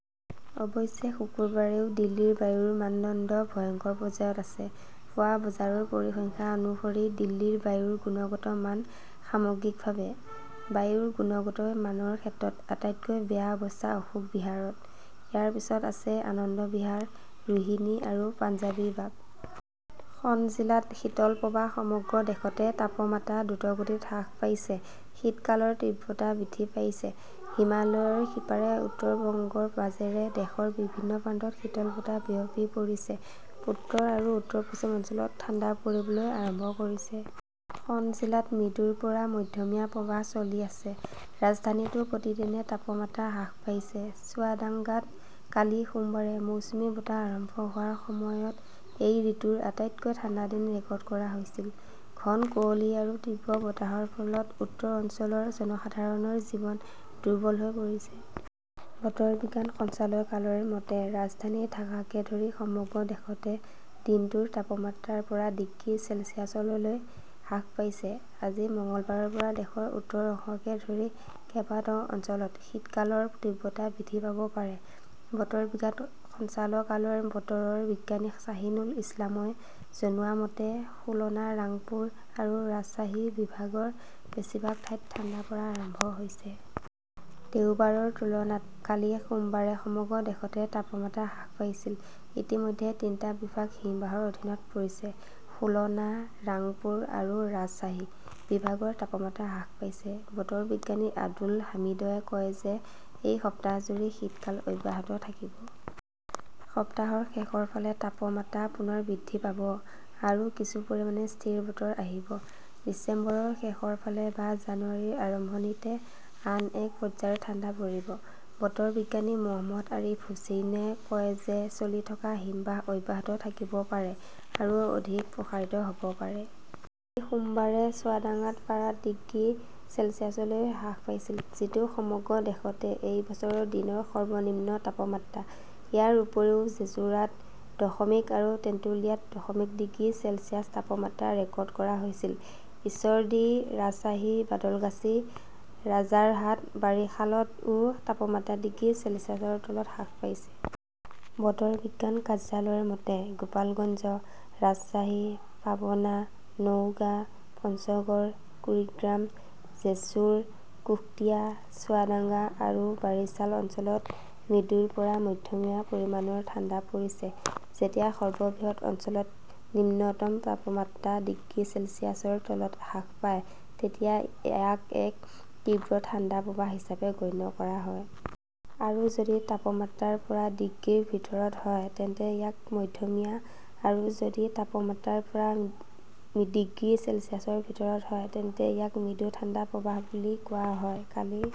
অৱশ্যে শুকুৰবাৰেও দিল্লীৰ বায়ুৰ মানদণ্ড 'ভয়ংকৰ "পৰ্যায়ত আছে। পুৱা বজাৰ পৰিসংখ্যা অনুসৰি দিল্লীৰ বায়ুৰ গুণগত মান সামগ্ৰিকভাৱে। বায়ুৰ গুণগত মানৰ ক্ষেত্ৰত আটাইতকৈ বেয়া অৱস্থা অশোক বিহাৰত। ইয়াৰ পিছত আছে আনন্দ বিহাৰ, ৰোহিনী আৰু পাঞ্জাৱী বাগ। খন জিলাত শীতল প্ৰবাহ সমগ্ৰ দেশতে তাপমাত্ৰা দ্ৰুতগতিত হ্ৰাস পাইছে। শীতকালৰ তীব্ৰতা বৃদ্ধি পাইছে। হিমালয়ৰ সিপাৰে উত্তৰ বংগৰ মাজেৰে দেশৰ বিভিন্ন প্ৰান্তত শীতল বতাহ বিয়পি পৰিছে। উত্তৰ আৰু উত্তৰ-পশ্চিম অঞ্চলত ঠাণ্ডা পৰিবলৈ আৰম্ভ কৰিছে। খন জিলাত মৃদুৰ পৰা মধ্যমীয়া প্ৰৱাহ চলি আছে। ৰাজধানীতো প্ৰতিদিনে তাপমাত্ৰা হ্ৰাস পাইছে। চুৱাডাংগাত কালি সোমবাৰে মৌচুমী বতাহ আৰম্ভ হোৱাৰ সময়ত এই ঋতুৰ আটাইতকৈ ঠাণ্ডা দিন ৰেকৰ্ড কৰা হৈছিল। ঘন কুঁৱলী আৰু তীব্ৰ বতাহৰ ফলত উত্তৰ অঞ্চলৰ জনসাধাৰণৰ জীৱন দুৰ্বল হৈ পৰিছে। বতৰ বিজ্ঞান সঞ্চালকালয়ৰ মতে, ৰাজধানী ঢাকাকে ধৰি সমগ্ৰ দেশতে দিনটোৰ তাপমাত্ৰা ৰ পৰা ডিগ্ৰী চেলছিয়াছলৈ হ্ৰাস পাইছে। আজি মঙলবাৰৰ পৰা দেশৰ উত্তৰ অংশকে ধৰি কেইবাটাও অঞ্চলত শীতকালৰ তীব্ৰতা বৃদ্ধি পাব পাৰে। বতৰ বিজ্ঞান সঞ্চালকালয়ৰ বতৰ বিজ্ঞানী শ্বাহিনুল ইছলামই জনোৱা মতে, খুলনা, ৰাংপুৰ আৰু ৰাজশ্বাহী বিভাগৰ বেছিভাগ ঠাইত ঠাণ্ডা পৰা আৰম্ভ হৈছে। দেওবাৰৰ তুলনাত কালি সোমবাৰে সমগ্ৰ দেশতে তাপমাত্ৰা হ্ৰাস পাইছিল। ইতিমধ্যে তিনিটা বিভাগ হিমবাহৰ অধীনত পৰিছে। খুলনা, ৰাংপুৰ আৰু ৰাজশ্বাহী বিভাগৰ তাপমাত্ৰা হ্ৰাস পাইছে। বতৰ বিজ্ঞানী আব্দুল হামিদই কয় যে এই সপ্তাহজুৰি শীতকাল অব্যাহত থাকিব। সপ্তাহৰ শেষৰ ফালে তাপমাত্ৰা পুনৰ বৃদ্ধি পাব আৰু কিছু পৰিমাণে স্থিৰ বতৰ আহিব। ডিচেম্বৰৰ শেষৰ ফালে বা জানুৱাৰীৰ আৰম্ভণিতে আন এক পৰ্যায়ৰ ঠাণ্ডা পৰিব। বতৰ বিজ্ঞানী মহম্মদ আৰিফ হুচেইনে কয় যে চলি থকা হিমবাহ অব্যাহত থাকিব পাৰে আৰু অধিক প্ৰসাৰিত হ 'ব পাৰে। কালি সোমবাৰে চুৱাদাঙ্গাত পাৰা ডিগ্ৰী চেলছিয়াছলৈ হ্ৰাস পাইছিল, যিটো সমগ্ৰ দেশতে এই বছৰৰ দিনৰ সৰ্বনিম্ন তাপমাত্ৰা। ইয়াৰ উপৰিও, জেছোৰত দশমিক আৰু তেন্তুলিয়াত দশমিক ডিগ্ৰী চেলছিয়াছ তাপমাত্ৰা ৰেকৰ্ড কৰা হৈছিল। ঈশ্বৰদী, ৰাজশ্বাহী, বাদলগাছী, ৰাজাৰহাট, বাৰিশালতও তাপমাত্ৰা ডিগ্ৰী চেলছিয়াছৰ তলত হ্ৰাস পাইছে। বতৰ বিজ্ঞান কাৰ্যালয়ৰ মতে, গোপালগঞ্জ, ৰাজশ্বাহী, পাবনা, নওগাঁ, পঞ্চগড়, কুৰিগ্ৰাম, জেছুৰ, কুশটিয়া, চুৱাদাঙ্গা আৰু বাৰিছাল অঞ্চলত মৃদুৰ পৰা মধ্যমীয়া পৰিমাণৰ ঠাণ্ডা পৰিছে। যেতিয়া সৰ্ববৃহৎ অঞ্চলত নিম্নতম তাপমাত্ৰা ডিগ্ৰী চেলছিয়াছৰ তলত হ্ৰাস পায় তেতিয়া ইয়াক এক তীব্ৰ ঠাণ্ডা প্ৰৱাহ হিচাপে গণ্য কৰা হয়। আৰু যদি তাপমাত্ৰা ৰ পৰা ডিগ্ৰীৰ ভিতৰত হয় তেন্তে ইয়াক মধ্যমীয়া আৰু যদি তাপমাত্ৰা ৰ পৰা ডিগ্ৰী চেলছিয়াছৰ ভিতৰত হয় তেন্তে ইয়াক মৃদু ঠাণ্ডা প্ৰৱাহ বুলি কোৱা হয়। কালি